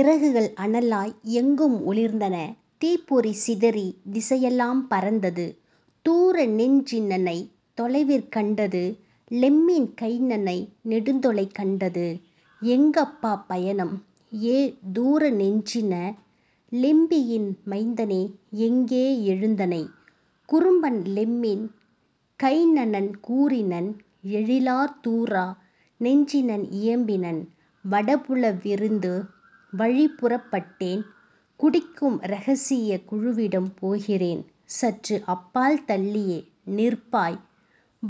இறகுகள் அனலாய் எங்கும் ஒளிர்ந்தன தீப்பொறி சிதறி திசையெலாம் பறந்தது. தூரநெஞ் சினனை தொலைவிற் கண்டது லெம்மின் கைனனை நெடுந்தொலை கண்டது: "எங்கப்பா பயணம் ஏ, தூர நெஞ்சின? லெம்பியின் மைந்தனே, எங்கே எழுந்தனை? " குறும்பன் லெம்மின் கைனன் கூறினன் எழிலார் தூர நெஞ்சினன் இயம்பினன்: "வடபுல விருந்து, வழிப்புறப் பட்டேன், குடிக்கும் இரகசியக் குழுவிடம் போகிறேன்; சற்று அப்பால் தள்ளியே நிற்பாய்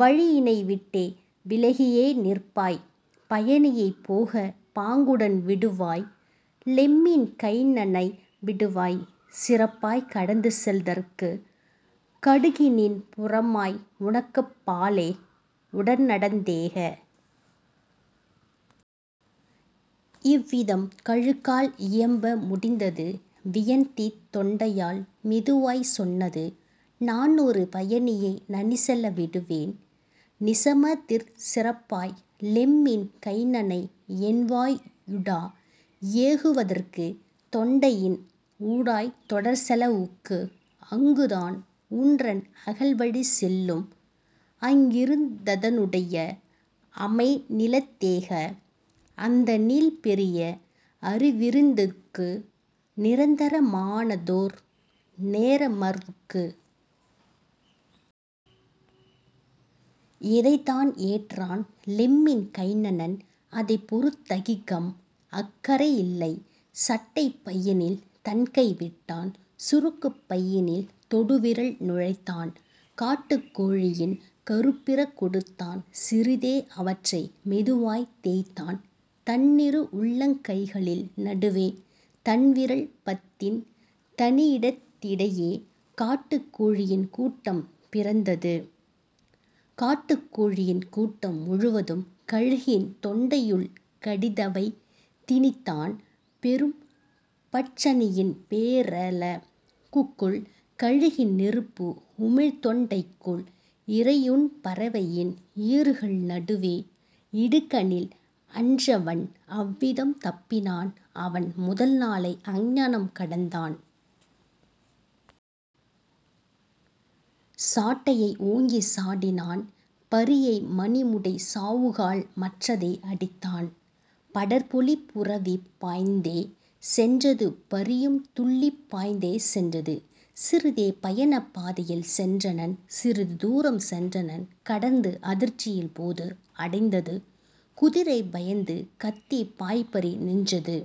வழியினை விட்டே விலகியே நிற்பாய் பயணியைப் போகப் பாங்குடன் விடுவாய் லெம்மின் கைனனை விடுவாய் சிறப்பாய் கடந்துசெல் தற்கு கடுகிநின் புறமாய் உனக்கப் பாலே உடன்நடந் தேக! " இவ்விதம் கழுகால் இயம்ப முடிந்தது வியன்தீத் தொண்டையால் மெதுவாய்ச் சொன்னது: "நானொரு பயணியை நனிசெல விடுவேன் நிசமதிற் சிறப்பாய் லெம்மின் கைனனை என்வா யுடா யேகுவ தற்கு தொண்டையின் ஊடாய்த் தொடர்செல வுக்கு அங்குதான் உன்றன் அகல்வழி செல்லும் அங்கிருந் ததனுடை அமைநிலத் தேக அந்தநீள் பெரிய அருவிருந் துக்கு நிரந்தர மானதோர் நேரமர் வுக்கு. " எதைத்தான் ஏற்றான் லெம்மின் கைனன் அதைப்பொறுத் ததிகம் அக்கறை யில்லை சட்டைப் பையினில் தன்கை விட்டான் சுருக்குப் பையினில் தொடுவிரல் நுழைத்தான் காட்டுக் கோழியின் கறுப்பிற கெடுத்தான் சிறிதே அவற்றை மெதுவாய்த் தேய்த்தான் தன்னிரு உள்ளங் கைகளின் நடுவே தன்விரல் பத்தின் தனியிடத் திடையே காட்டுக் கோழியின் கூட்டம் பிறந்தது காட்டுக் கோழியின் கூட்டம் முழுவதும் கழுகின் தொண்டையுள் கடிதவை திணித்தான் பெரும் பட்சணியின் பேரல குக்குள் கழுகின் நெருப்பு உமிழ்தொண் டைக்குள் இரையுண் பறவையின் ஈறுகள் நடுவே; இடுக்கணில் அன்றவன் இவ்விதம் தப்பினான் அவன் முதல்நாளை அங்ஙனம் கடந்தான். சாட்டையை ஓங்கிச் சாடினான் பரியை மணிமுனைச் சவுக்கால் மற்றதை அடித்தான்; படர்பொலிப் புரவி பாய்ந்தே சென்றது பரியும் துள்ளிப் பாய்ந்தே சென்றது. சிறிதே பயணப் பாதையில் சென்றனன் சிறிது தூரம் சென்றனன் கடந்து அதிர்ச்சியிப் போது அடைந்தது குதிரை பயந்து கத்திப் பாய்பரி நின்றது.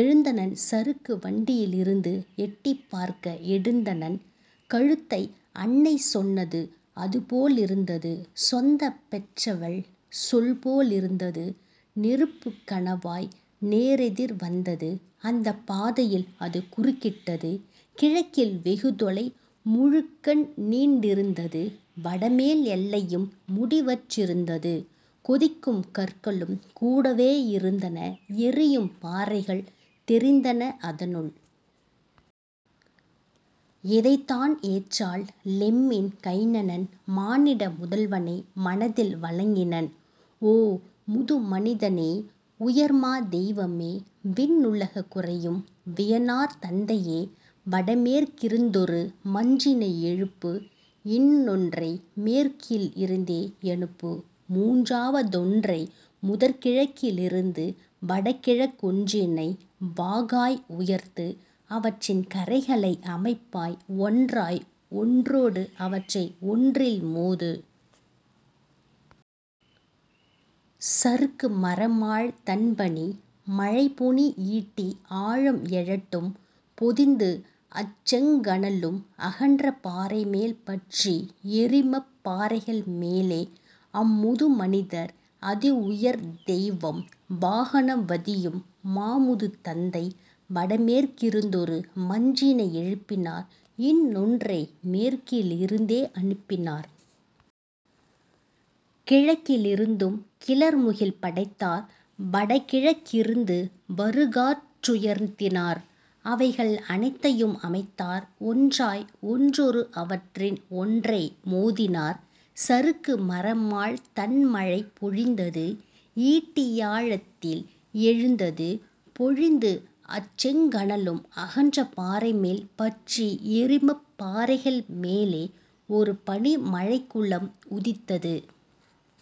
எழுந்தனன் சறுக்கு வண்டியி லிருந்து எட்டிப் பார்க்க எடுத்தனன் கழுத்தை அன்னை சொன்னது அதுபோ லிருந்தது சொந்தப் பெற்றவள் சொல்போ லிருந்தது நெருப்புக் கணவாய் நேரெதிர் வந்தது அந்தப் பாதையில் அதுகுறுக் கிட்டது கிழக்கில் வெகுதொலை முழுக்கநீண் டிருந்தது வடமேல் எல்லையும் முடிவற் றிருந்தது கொதிக்கும் கற்களும் கூடவே இருந்தன எரியும் பாறைகள் தெரிந்தன அதனுள். எதைத்தான் ஏற்றான் லெம்மின் கைனன் மானிட முதல்வனை மனதில் வணங்கினன்: "ஓ, முது மனிதனே, உயர்மா தெய்வமே! விண்ணுல குறையும் வியனார் தந்தையே! வடமேற்கிருந்தொரு மஞ்சினை யெழுப்பு இன்னொன்றை மேற்கில் இருந்தே யனுப்பு மூன்றாவ தொன்றை முதிர்கிழக் கிருந்து வடகிழக் கொன்றினை வாகாய் உயர்த்து அவற்றின் கரைகளை அமைப்பாய் ஒன்றாய் ஒன்றொடு அவற்றை ஒன்றில் மோது! சறுக்கு மரமாழ் தண்பனி மழைபொழி ஈட்டி ஆழம் எழட்டும் பொழிந்து அச்செங் கனலும் அகன்ற பாறைமேல் பற்றி எரியுமப் பாறைகள் மேலே! " அம்முது மனிதர், அதிஉயர் தெய்வம், வாகநம் வதியும் மாமுது தந்தை, வடமேற் கிருந்தொரு மஞ்சினை எழுப்பினார் இன்னொன்றை மேற்கில் இருந்தே அனுப்பினார் கிழக்கி லிருந்தும் கிளர்முகில் படைத்தார் வடகிழக் கிருந்து வருகாற் றுயர்த்தினார் அவைகள் அனைத்தையும் அமைத்தார் ஒன்றாய் ஒன்றொடு அவற்றில் ஒன்றை மோதினார் சறுக்கு மரமாழ் தண்மழை பொழிந்தது ஈட்டிஆ ழத்தில் எழுந்தது பொழிந்து அச்செங் கனலும் அகன்ற பாறைமேல் பற்றி எரியுமப் பாறைகள் மேலே; ஒருபனி மழைக்குளம் உதித்தது